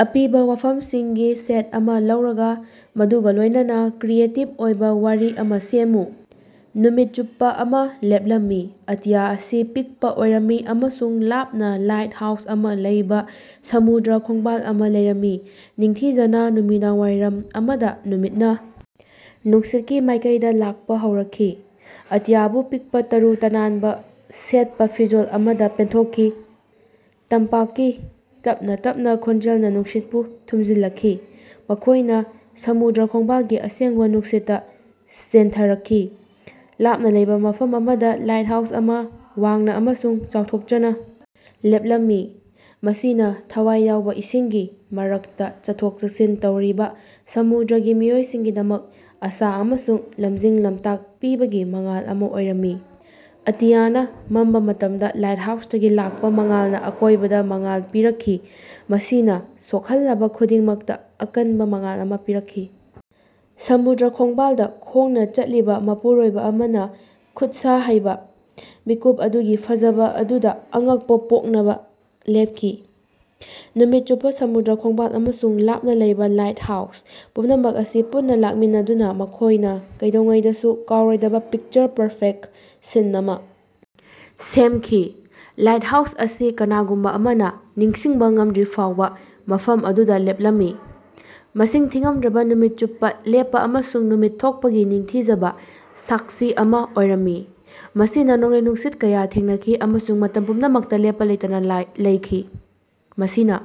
ꯑꯄꯤꯕ ꯋꯥꯐꯝꯁꯤꯡꯒꯤ ꯁꯦꯠ ꯑꯃ ꯂꯧꯔꯒ ꯃꯗꯨꯒ ꯂꯣꯏꯅꯅ ꯀ꯭ꯔꯤꯌꯦꯇꯤꯚ ꯑꯣꯏꯕ ꯋꯥꯔꯤ ꯑꯃꯥ ꯁꯦꯝꯃꯨ꯫ ꯅꯨꯃꯤꯠ ꯆꯨꯞꯄ ꯑꯃ ꯂꯦꯞꯂꯝꯃꯤ, ꯑꯇꯤꯌꯥ ꯑꯁꯤ ꯄꯤꯛꯄ ꯑꯣꯏꯔꯝꯃꯤ ꯑꯃꯁꯨꯡ ꯂꯥꯞꯅ ꯂꯥꯏꯠꯍꯥꯎꯁ ꯑꯃ ꯂꯩꯕ ꯁꯃꯨꯗ꯭ꯔ ꯈꯣꯡꯕꯥꯜ ꯑꯃ ꯂꯩꯔꯝꯃꯤ꯫ ꯅꯤꯡꯊꯤꯖꯅ ꯅꯨꯃꯤꯗꯥꯡꯋꯥꯏꯔꯝ ꯑꯃꯗ, ꯅꯨꯃꯤꯠꯅ ꯅꯨꯡꯁꯤꯠꯀꯤ ꯃꯥꯏꯀꯩꯗ ꯂꯥꯛꯄ ꯍꯧꯔꯛꯈꯤ, ꯑꯇꯤꯌꯥꯕꯨ ꯄꯤꯛꯄ ꯇꯔꯨ ꯇꯅꯥꯟꯕ ꯁꯦꯠꯄ ꯐꯤꯖꯣꯜ ꯑꯃꯗ ꯄꯦꯟꯊꯣꯛꯈꯤ꯫ ꯇꯝꯄꯥꯛꯀꯤ ꯇꯞꯅ ꯇꯞꯅ ꯈꯣꯟꯖꯦꯜꯅ ꯅꯨꯡꯁꯤꯠꯄꯨ ꯊꯨꯝꯖꯤꯜꯂꯛꯈꯤ, ꯃꯈꯣꯏꯅ ꯁꯃꯨꯗ꯭ꯔ ꯈꯣꯡꯕꯥꯜꯒꯤ ꯑꯁꯦꯡꯕ ꯅꯨꯡꯁꯤꯠꯇ ꯆꯦꯟꯊꯔꯛꯈꯤ꯫ ꯂꯥꯞꯅ ꯂꯩꯕ ꯃꯐꯝ ꯑꯃꯗ ꯂꯥꯏꯠꯍꯥꯎꯁ ꯑꯃ ꯋꯥꯡꯅ ꯑꯃꯁꯨꯡ ꯆꯥꯎꯊꯣꯛꯆꯅ ꯂꯦꯞꯂꯝꯃꯤ, ꯃꯁꯤꯅ ꯊꯋꯥꯏ ꯌꯥꯎꯕ ꯏꯁꯤꯡꯒꯤ ꯃꯔꯛꯇ ꯆꯠꯊꯣꯛ-ꯆꯠꯁꯤꯟ ꯇꯧꯔꯤꯕ ꯁꯃꯨꯗ꯭ꯔꯒꯤ ꯃꯤꯑꯣꯏꯁꯤꯡꯒꯤꯗꯃꯛ ꯑꯁꯥ ꯑꯃꯁꯨꯡ ꯂꯝꯖꯤꯡ-ꯂꯝꯇꯥꯛ ꯄꯤꯕꯒꯤ ꯃꯉꯥꯜ ꯑꯃ ꯑꯣꯏꯔꯝꯃꯤ꯫ ꯑꯇꯤꯌꯥꯅ ꯃꯝꯕ ꯃꯇꯝꯗ ꯂꯥꯏꯠꯍꯥꯎꯁꯇꯒꯤ ꯂꯥꯛꯄ ꯃꯉꯥꯜꯅ ꯑꯀꯣꯏꯕꯗ ꯃꯉꯥꯜ ꯄꯤꯔꯛꯈꯤ, ꯃꯁꯤꯅ ꯁꯣꯛꯍꯜꯂꯕ ꯈꯨꯗꯤꯡꯃꯛꯇ ꯑꯀꯟꯕ ꯃꯉꯥꯜ ꯑꯃ ꯄꯤꯔꯛꯈꯤ꯫ ꯁꯃꯨꯗ꯭ꯔ ꯈꯣꯡꯕꯥꯜꯗ ꯈꯣꯡꯅ ꯆꯠꯂꯤꯕ ꯃꯄꯨꯔꯣꯏꯕ ꯑꯃꯅ ꯈꯨꯠꯁꯥ ꯍꯩꯕ, ꯃꯤꯀꯨꯞ ꯑꯗꯨꯒꯤ ꯐꯖꯕ ꯑꯗꯨꯗ ꯑꯉꯛꯄ ꯄꯣꯛꯅꯕ ꯂꯦꯞꯈꯤ꯫ ꯅꯨꯃꯤꯠ ꯆꯨꯞꯄ ꯁꯃꯨꯗ꯭ꯔ ꯈꯣꯡꯕꯥꯜ ꯑꯃꯁꯨꯡ ꯂꯥꯞꯅ ꯂꯩꯕ ꯂꯥꯏꯠꯍꯥꯎꯁ, ꯄꯨꯝꯅꯃꯛ ꯑꯁꯤ ꯄꯨꯟꯅ ꯂꯥꯛꯃꯤꯟꯅꯗꯨꯅ ꯃꯈꯣꯏꯅ ꯀꯩꯗꯧꯉꯩꯗꯁꯨ ꯀꯥꯎꯔꯣꯏꯗꯕ ꯄꯤꯛꯆꯔ-ꯄꯔꯐꯦꯛꯇ ꯁꯤꯟ ꯑꯃ ꯁꯦꯝꯈꯤ꯫ ꯂꯥꯏꯠꯍꯥꯎꯁ ꯑꯁꯤ ꯀꯅꯥꯒꯨꯝꯕ ꯑꯃꯅ ꯅꯤꯡꯁꯤꯡꯕꯥ ꯉꯝꯗ꯭ꯔꯤꯐꯥꯎꯕ ꯃꯐꯝ ꯑꯗꯨꯗ ꯂꯦꯞꯂꯝꯃꯤ, ꯃꯁꯤꯡ ꯊꯤꯉꯝꯗ꯭ꯔꯕ ꯅꯨꯃꯤꯠ ꯆꯨꯞꯄ ꯂꯦꯞꯄ ꯑꯃꯁꯨꯡ ꯅꯨꯃꯤꯠ ꯊꯣꯛꯄꯒꯤ ꯅꯤꯡꯊꯤꯖꯕ ꯁꯥꯛꯁꯤ ꯑꯃ ꯑꯣꯏꯔꯝꯃꯤ꯫ ꯃꯁꯤꯅ ꯅꯣꯡꯂꯩ-ꯅꯨꯡꯁꯤꯠ ꯀꯌ ꯊꯦꯡꯅꯈꯤ ꯑꯃꯁꯨꯡ ꯃꯇꯝ ꯄꯨꯝꯅꯃꯛꯇ ꯂꯦꯞꯄ ꯂꯩꯇꯅ ꯂꯩꯈꯤ, ꯃꯁꯤꯅ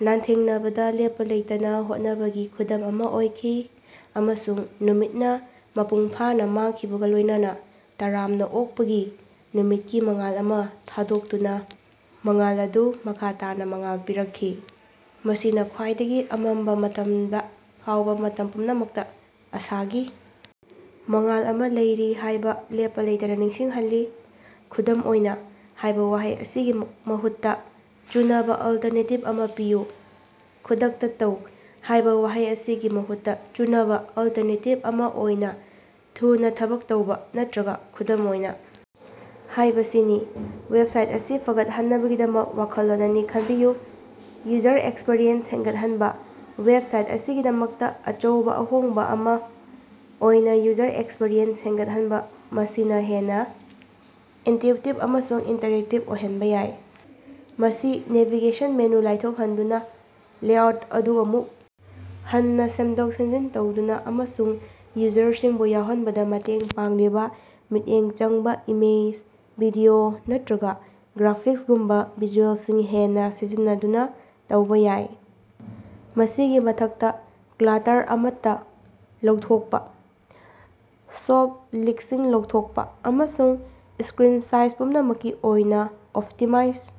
ꯂꯥꯟꯊꯦꯡꯅꯕꯗ ꯂꯦꯞꯄ ꯂꯩꯇꯅ ꯍꯣꯠꯅꯕꯒꯤ ꯈꯨꯗꯝ ꯑꯃ ꯑꯣꯏꯈꯤ꯫ ꯑꯃꯁꯨꯡ ꯅꯨꯃꯤꯠꯅ ꯃꯄꯨꯡ ꯐꯥꯅ ꯃꯥꯡꯈꯤꯕꯒ ꯂꯣꯏꯅꯅ, ꯇꯔꯥꯝꯅ ꯑꯣꯛꯄꯒꯤ ꯅꯨꯃꯤꯠꯀꯤ ꯃꯉꯥꯜ ꯑꯃ ꯊꯥꯗꯣꯛꯇꯨꯅ, ꯃꯉꯥꯜ ꯑꯗꯨ ꯃꯈꯥ ꯇꯥꯅ ꯃꯉꯥꯜ ꯄꯤꯔꯛꯈꯤ, ꯃꯁꯤꯅ ꯈ꯭ꯋꯥꯏꯗꯒꯤ ꯑꯃꯝꯕ ꯃꯇꯝꯗ ꯐꯥꯎꯕ ꯃꯇꯝ ꯄꯨꯝꯅꯃꯛꯇ ꯑꯁꯥꯒꯤ ꯃꯉꯥꯜ ꯑꯃ ꯂꯩꯔꯤ ꯍꯥꯏꯕ ꯂꯦꯞꯄ ꯂꯩꯇꯅ ꯅꯤꯡꯁꯤꯡꯍꯜꯂꯤ꯫ "ꯈꯨꯗꯝ ꯑꯣꯏꯅ" ꯍꯥꯏꯕ ꯋꯥꯍꯩ ꯑꯁꯤꯒꯤ ꯃꯍꯨꯠꯇ ꯆꯨꯅꯕ ꯑꯜꯇꯔꯅꯦꯇꯤꯚ ꯑꯃ ꯄꯤꯌꯨ꯫ "ꯈꯨꯗꯛꯇ ꯇꯧ" ꯍꯥꯏꯕ ꯋꯥꯍꯩ ꯑꯁꯤꯒꯤ ꯃꯍꯨꯠꯇ ꯆꯨꯅꯕ ꯑꯜꯇꯔꯅꯦꯇꯤꯚ ꯑꯃ ꯑꯣꯏꯅ "ꯊꯨꯅ ꯊꯕꯛ ꯇꯧꯕ" ꯅꯠꯇ꯭ꯔꯒ "ꯈꯨꯗꯝ ꯑꯣꯏꯅ" ꯍꯥꯏꯕꯁꯤꯅꯤ꯫ ꯋꯦꯕꯁꯥꯏꯠ ꯑꯁꯤ ꯐꯒꯠꯍꯟꯅꯕꯒꯤꯗꯃꯛ ꯋꯥꯈꯜꯂꯣꯟ ꯑꯅꯤ ꯈꯟꯕꯤꯌꯨ꯫ ꯌꯨꯖꯔ ꯑꯦꯛꯁꯄꯤꯔꯤꯑꯦꯟꯁ ꯍꯦꯟꯒꯠꯍꯟꯕ: ꯋꯦꯕꯁꯥꯏꯠ ꯑꯁꯤꯒꯤꯗꯃꯛꯇ ꯑꯆꯧꯕ ꯑꯍꯣꯡꯕ ꯑꯃ ꯑꯣꯏꯅ ꯌꯨꯖꯔ ꯑꯦꯛꯁꯄꯤꯔꯤꯑꯦꯟꯁ ꯍꯦꯟꯒꯠꯍꯟꯕ ꯃꯁꯤꯅ ꯍꯦꯟꯅ ꯏꯅꯇ꯭ꯌꯨꯇꯤꯚ ꯑꯃꯁꯨꯡ ꯏꯟꯇꯔꯦꯛꯇꯤꯚ ꯑꯣꯏꯍꯟꯕ ꯌꯥꯏ꯫ ꯃꯁꯤ ꯅꯦꯚꯤꯒꯦꯁꯟ ꯃꯦꯅꯨ ꯂꯥꯏꯊꯣꯛꯍꯟꯗꯨꯅ, ꯂꯦꯑꯥꯎꯠ ꯑꯗꯨ ꯑꯃꯨꯛ ꯍꯟꯅ ꯁꯦꯝꯗꯣꯛ-ꯁꯦꯞꯖꯤꯟ ꯇꯧꯗꯨꯅ ꯑꯃꯁꯨꯡ ꯌꯨꯖꯔꯁꯤꯡꯕꯨ ꯌꯥꯎꯍꯟꯕꯗ ꯃꯇꯦꯡ ꯄꯥꯡꯂꯤꯕ ꯃꯤꯠꯌꯦꯡ ꯆꯪꯕ ꯏꯃꯦꯖ, ꯚꯤꯗꯤꯑꯣ ꯅꯠꯇ꯭ꯔꯒ ꯒ꯭ꯔꯥꯐꯤꯛꯁꯒꯨꯝꯕ ꯚꯤꯖꯨꯑꯦꯜꯁꯤꯡ ꯍꯦꯟꯅ ꯁꯤꯖꯤꯟꯅꯗꯨꯅ ꯇꯧꯕ ꯌꯥꯏ꯫ ꯃꯁꯤꯒꯤ ꯃꯊꯛꯇ ꯀ꯭ꯂꯥꯇꯔ ꯑꯃꯠꯇ ꯂꯧꯊꯣꯛꯄ, ꯁꯣꯜꯄ ꯂꯤꯡꯀꯁꯤꯡ ꯂꯧꯊꯣꯛꯄ ꯑꯃꯁꯨꯡ ꯁ꯭ꯀꯔꯤꯟ ꯁꯥꯏꯖ ꯄꯨꯝꯅꯃꯛꯀꯤ ꯑꯣꯏꯅ ꯑꯣꯞꯇꯤꯃꯥꯏꯖ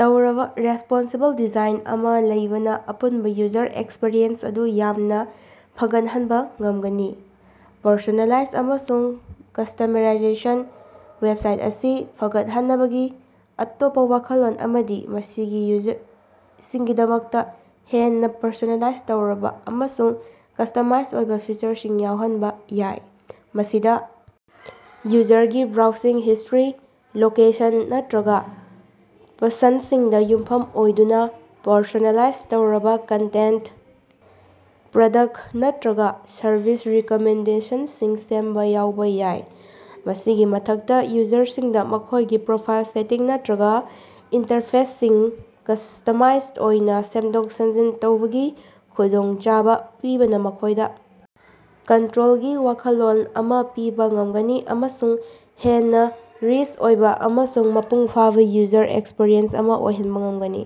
ꯇꯧꯔꯕ ꯔꯦꯁꯄꯣꯟꯁꯤꯕꯜ ꯗꯤꯖꯥꯏꯟ ꯑꯃ ꯂꯩꯕꯅ ꯑꯄꯨꯟꯕ ꯌꯨꯖꯔ ꯑꯦꯛꯁꯄꯤꯔꯤꯑꯦꯟꯁ ꯑꯗꯨ ꯌꯥꯝꯅ ꯐꯒꯠꯍꯅꯟꯕ ꯉꯝꯒꯅꯤ꯫ ꯄꯔꯁꯣꯅꯦꯂꯥꯏꯖꯦꯁꯟ ꯑꯃꯁꯨꯡ ꯀꯁꯇꯃꯔꯥꯏꯖꯦꯁꯟ: ꯋꯦꯕꯁꯥꯏꯠ ꯑꯁꯤ ꯐꯒꯠꯍꯟꯅꯕꯒꯤ ꯑꯇꯣꯞꯄ ꯋꯥꯈꯜꯂꯣꯟ ꯑꯃꯗꯤ ꯃꯁꯤꯒꯤ ꯌꯨꯖꯔꯁꯤꯡꯒꯤꯗꯃꯛꯇ ꯍꯦꯟꯅ ꯄꯔꯁꯣꯅꯦꯂꯥꯏꯖ ꯇꯧꯔꯕ ꯑꯃꯁꯨꯡ ꯀꯁꯇꯃꯥꯁ ꯑꯣꯏꯕ ꯐꯤꯆꯔꯁꯤꯡ ꯌꯥꯎꯍꯟꯕ ꯌꯥꯏ꯫ ꯃꯁꯤꯗ ꯌꯨꯖꯔꯒꯤ ꯕ꯭ꯔꯥꯎꯖꯤꯡ ꯍꯤꯁꯇ꯭ꯔꯤ, ꯂꯣꯀꯦꯁꯟ ꯅꯠꯇ꯭ꯔꯒ ꯄꯁꯟꯗꯁꯤꯡꯗ ꯌꯨꯝꯐꯝ ꯑꯣꯏꯗꯨꯅ ꯄꯔꯁꯣꯅꯦꯂꯥꯏꯖ ꯇꯧꯔꯕ ꯀꯟꯇꯦꯟꯇ, ꯄ꯭ꯔꯗꯛꯇ ꯅꯠꯇ꯭ꯔꯒ ꯁꯔꯚꯤꯁ ꯔꯤꯀꯃꯦꯟꯗꯦꯁꯟꯁꯤꯡ ꯁꯦꯝꯕ ꯌꯥꯎꯕ ꯌꯥꯏ꯫ ꯃꯁꯤꯒꯤ ꯃꯊꯛꯇ, ꯌꯨꯖꯔꯁꯤꯡꯗ ꯃꯈꯣꯏꯒꯤ ꯄ꯭ꯔꯣꯐꯥꯏꯜ ꯁꯦꯇꯤꯡ ꯅꯠꯇ꯭ꯔꯒ ꯏꯟꯇꯔꯐꯦꯁꯁꯤꯡ ꯀꯁꯇꯃꯥꯁ ꯑꯣꯏꯅ ꯁꯦꯝꯗꯣꯛ-ꯁꯦꯝꯖꯤꯟ ꯇꯧꯕꯒꯤ ꯈꯨꯗꯣꯡꯆꯥꯕ ꯄꯤꯕꯅ ꯃꯈꯣꯏꯗ ꯀꯟꯇ꯭ꯔꯣꯜꯒꯤ ꯋꯥꯈꯜꯂꯣꯟ ꯑꯃ ꯄꯤꯕ ꯉꯝꯒꯅꯤ ꯑꯃꯁꯨꯡ ꯍꯦꯟꯅ ꯔꯤꯆ ꯑꯣꯏꯕ ꯑꯃꯁꯨꯡ ꯃꯄꯨꯡ ꯐꯥꯕ ꯌꯨꯖꯔ ꯑꯦꯛꯁꯄꯤꯔꯤꯑꯦꯟꯁ ꯑꯃ ꯑꯣꯏꯍꯟꯕ ꯉꯝꯒꯅꯤ꯫